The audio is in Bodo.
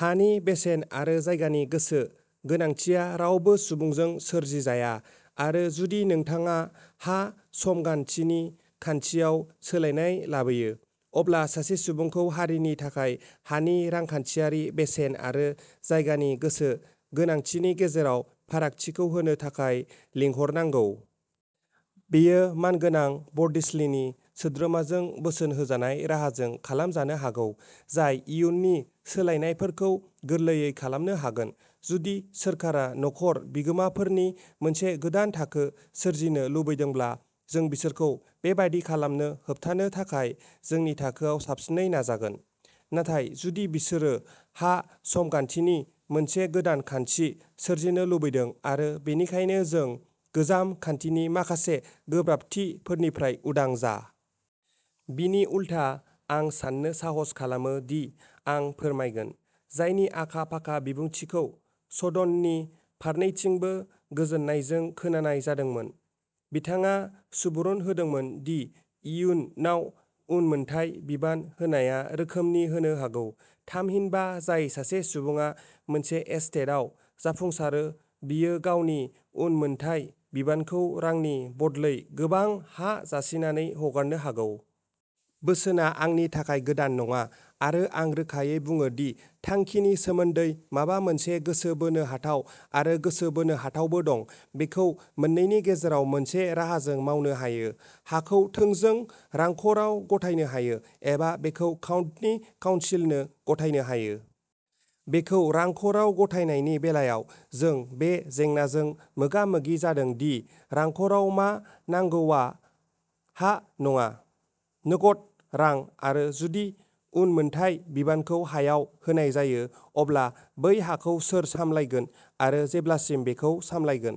हानि बेसेन आरो जायगानि गोसो गोनांथिया रावबो सुबुंजों सोरजिजाया, आरो जुदि नोंथाङा हा-समगान्थिनि खान्थियाव सोलायनाय लाबोयो, अब्ला सासे सुबुंखौ हारिनि थाखाय हानि रांखान्थियारि बेसेन आरो जायगानि गोसो गोनांथिनि गेजेराव फारागथिखौ होनो थाखाय लिंहरनांगौ। बेयो मानगोनां बर्डस्लिनि सोद्रोमाजों बोसोन होजानाय राहाजों खालामजानो हागौ जाय इयुननि सोलायनायफोरखौ गोरलैयै खालामनो हागोन। जुदि सोरखारा न'खर बिगोमाफोरनि मोनसे गोदान थाखो सोरजिनो लुबैदोंब्ला जों बिसोरखौ बेबादि खालामनो होबथानो थाखाय जोंनि थाखोआव साबसिनै नाजागोन; नाथाय जुदि बिसोरो हा-समगान्थिनि मोनसे गोदान खान्थि सोरजिनो लुबैदों आरो बेनिखायनो जों गोजाम खान्थिनि माखासे गोब्राबथिफोरनिफ्राय उदां जा। बिनि उलथा, आं साननो साहस खालामो दि आं फोरमायगोन। जायनि आखा-फाखा बिबुंथिखौ सदननि फारनैथिंबो गोजोननायजों खोनानाय जादोंमोन, बिथाङा सुबुरुन होदोंमोन दि इयुनाव उनमोनथाय बिबान होनाया रोखोमनि होनो हागौ; थामहिनबा, जाय सासे सुबुङा मोनसे एस्टेटआव जाफुंसारो, बियो गावनि उनमोनथाय बिबानखौ रांनि बदलै गोबां हा जासिनानै हगारनो हागौ। बोसोनआ आंनि थाखाय गोदान नङा, आरो आं रोखायै बुङो दि थांखिनि सोमोन्दै माबा मोनसे गोसो बोनो हाथाव, आरो गोसो बोनो हाथावबो दं। बेखौ मोननैनि गेजेराव मोनसे राहाजों मावनो हायो। हाखौ थोंजों रांख'राव गथायनो हायो, एबा बेखौ काउन्टि काउन्सिलनो गथायनो हायो। बेखौ रांख'राव गथायनायनि बेलायाव, जों बे जेंनाजों मोगा-मोगि जादों दि रांख'राव मा नांगौआ हा नङा, नगद रां, आरो जुदि उनमोनथाय बिबानखौ हायाव होनाय जायो, अब्ला बै हाखौ सोर सामलायगोन आरो जेब्लासिम बेखौ सामलायगोन।